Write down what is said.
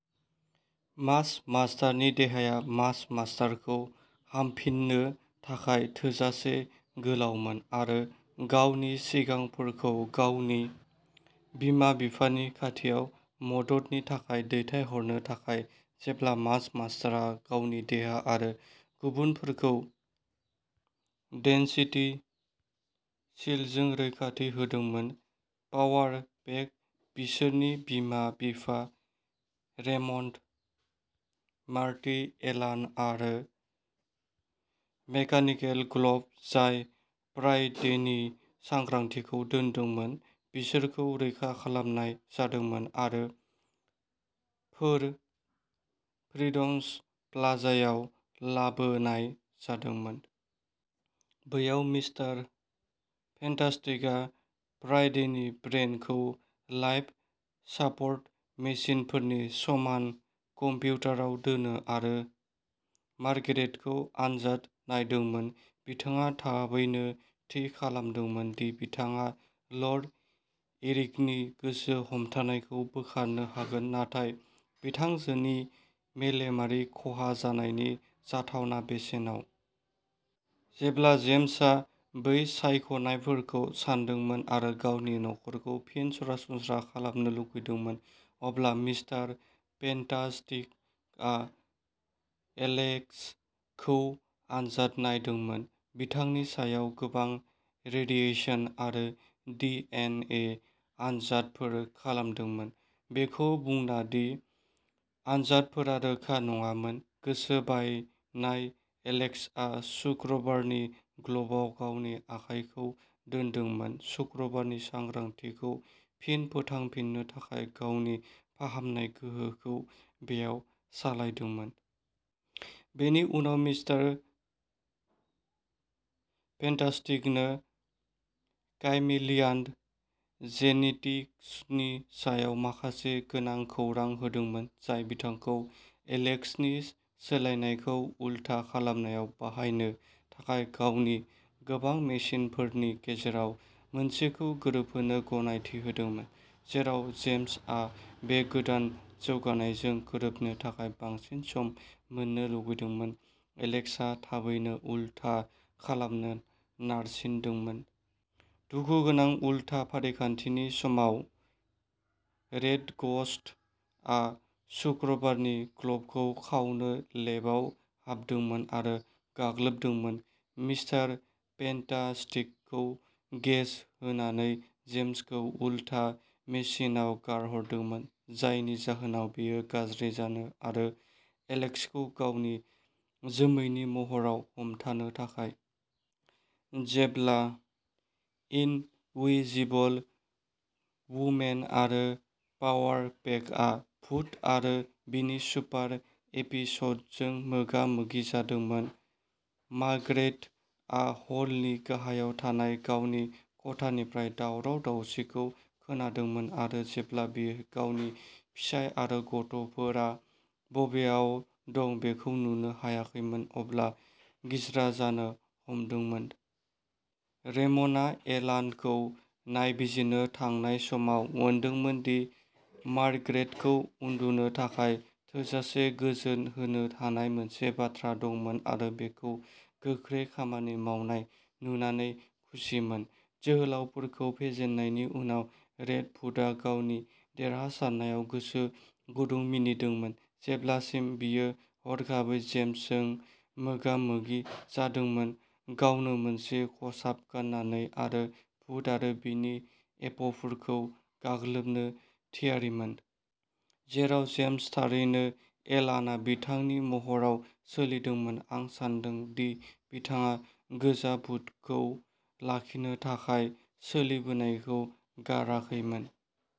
मास मास्टारनि देहाया मास मास्टार खौ हामफिन्नो थाखाय थोजासे गोलावमोन आरो गावनि सिमांफोरखौ गावनि बिमा-बिफानि खाथियाव मददनि थाखाय दैथायहरनो थाखाय जेब्ला मास मास्टार आ गावनि देहा आरो गुबुनफोरखौ डेन्सिटि शील्डजों रैखाथि होदोंमोन। पावार पेक, बिसोरनि बिमा-बिफा रेमन्ड, मार्टी एलान आरो मेकानिकेल ग्ल'ब जाय फ्राइडेनि सांग्रांथिखौ दोनदोंमोन, बिसोरखौ रैखा खालामनाय जादोंमोन आरो फोर फ्रिडम्स प्लाजायाव लाबोनाय जादोंमोन। बैयाव मिस्टार फेन्टास्टिकआ फ्राइडेनि ब्रेन खौ लाइफ सापर्ट मेसिनफोरनि समान कम्पिउटाराव दोनो आरो मार्गरेट खौ आनजाद नायदोंमोन। बिथाङा थाबैनो थि खालामदोंमोन दि बिथाङा लर्ड इरिकनि गोसो हमथानायखौ बोखारनो हागोन, नाथाय बिथांजोनि मेलेमारि खहा जानायनि जाथावना बेसेनाव। जेब्ला जेम्स आ बै सायख'नायफोरखौ सानदोंमोन आरो गावनि नखरखौ फिन सरासनस्रा खालामनो लुबैदोंमोन, अब्ला मिस्टार फेन्टास्टिकआ एलेक्स खौ आनजाद नायदोंमोन, बिथांनि सायाव गोबां रेडिएसन आरो डी एन ए आनजादफोर खालामदोंमोन। बेखौ बुंना दि आनजादफोरा रोखा नङामोन, गोसो बायनाय एलेक्स आ सुक्रुबारनि ग्ल'बआव गावनि आखायखौ दोनदोंमोन, शुक्रबारनि सांग्रांथिखौ फिन फोथांफिन्नो थाखाय गावनि फाहामनाय गोहोखौ बेयाव सोलायदोंमोन। बेनि उनाव मिस्टार फेन्टास्टिकनो काइमेलियान जेनेटिक्सनि सायाव माखासे गोनां खौरां होदोंमोन, जाय बिथांखौ एलेक्स नि सोलायनायखौ उलथा खालामनायाव बाहायनो थाखाय गावनि गोबां मेसिनफोरनि गेजेराव मोनसेखौ गोरोबहोनो गनायथि होदोंमोन। जेराव जेम्स आ बे गोदान जौगानायजों गोरोबनो थाखाय बांसिन सम मोन्नो लुबैदोंमोन एलेक्स आ थाबैनो उलथा खालामनो नारसिनदोंमोन। दुखुगोनां उलथा फारिखान्थिनि समाव रेड ग'स्ट आ सुक्रुबारनि ग्ल'बखौ खावनो लेबआव हाबदोंमोन आरो गाग्लोबदोंमोन, मिस्टार फेन्टास्टिकखौ गेस होनानै जेम्स खौ उलथा मेसिनआव गारहरदोंमोन, जायनि जाहोनाव बेयो गाज्रि जानो आरो एलेक्स खौ गावनि जोमैनि महराव हमथानो थाखाय। जेब्ला इनविजिबल वुमेन आरो पावार पेकआ भुत आरो बिनि सुपार एपिसजों मोगा-मोगि जादोंमोन, मार्ग्रेटआ हलनि गाहायाव थानाय गावनि खथानिफ्राय दावराव-दावसिखौ खोनादोंमोन आरो जेब्ला बियो गावनि फिसाय आरो गथ'फोरा बबेहाय दं बेखौ नुनो हायाखैमोन, अब्ला गिज्रा जानो हमदोंमोन। रेमन्डआ एलानखौ नायबिजिरनो थांनाय समाव मोनदोंमोन दि मार्ग्रेट खौ उन्दुनो थाखाय थोजासे गोजोन होनो हानाय मोनसे बाथ्रा दंमोन आरो बेखौ गोख्रै खामानि मावनाय नुनानै खुसिमोन। जोहोलावफोरखौ फेजेननायनि उनाव रेड भुतआ गावनि देरहासारनायाव गोसो गुदुं मिनिदोंमोन, जेब्लासिम बियो हरखाबै जेम्स जों मोगा-मोगि जादोंमोन, गावनो मोनसे खसाब गाननानै आरो भुत आरो बिनि एपफोरखौ गाग्लोबनो थियारिमोन। जेराव जेम्स थारैनो एलानआ बिथांनि महराव सोलिदोंमोन आं सान्दों दि बिथाङा गोजा भुतखौ लाखिनो थाखाय सोलिबोनायखौ गाराखैमोन।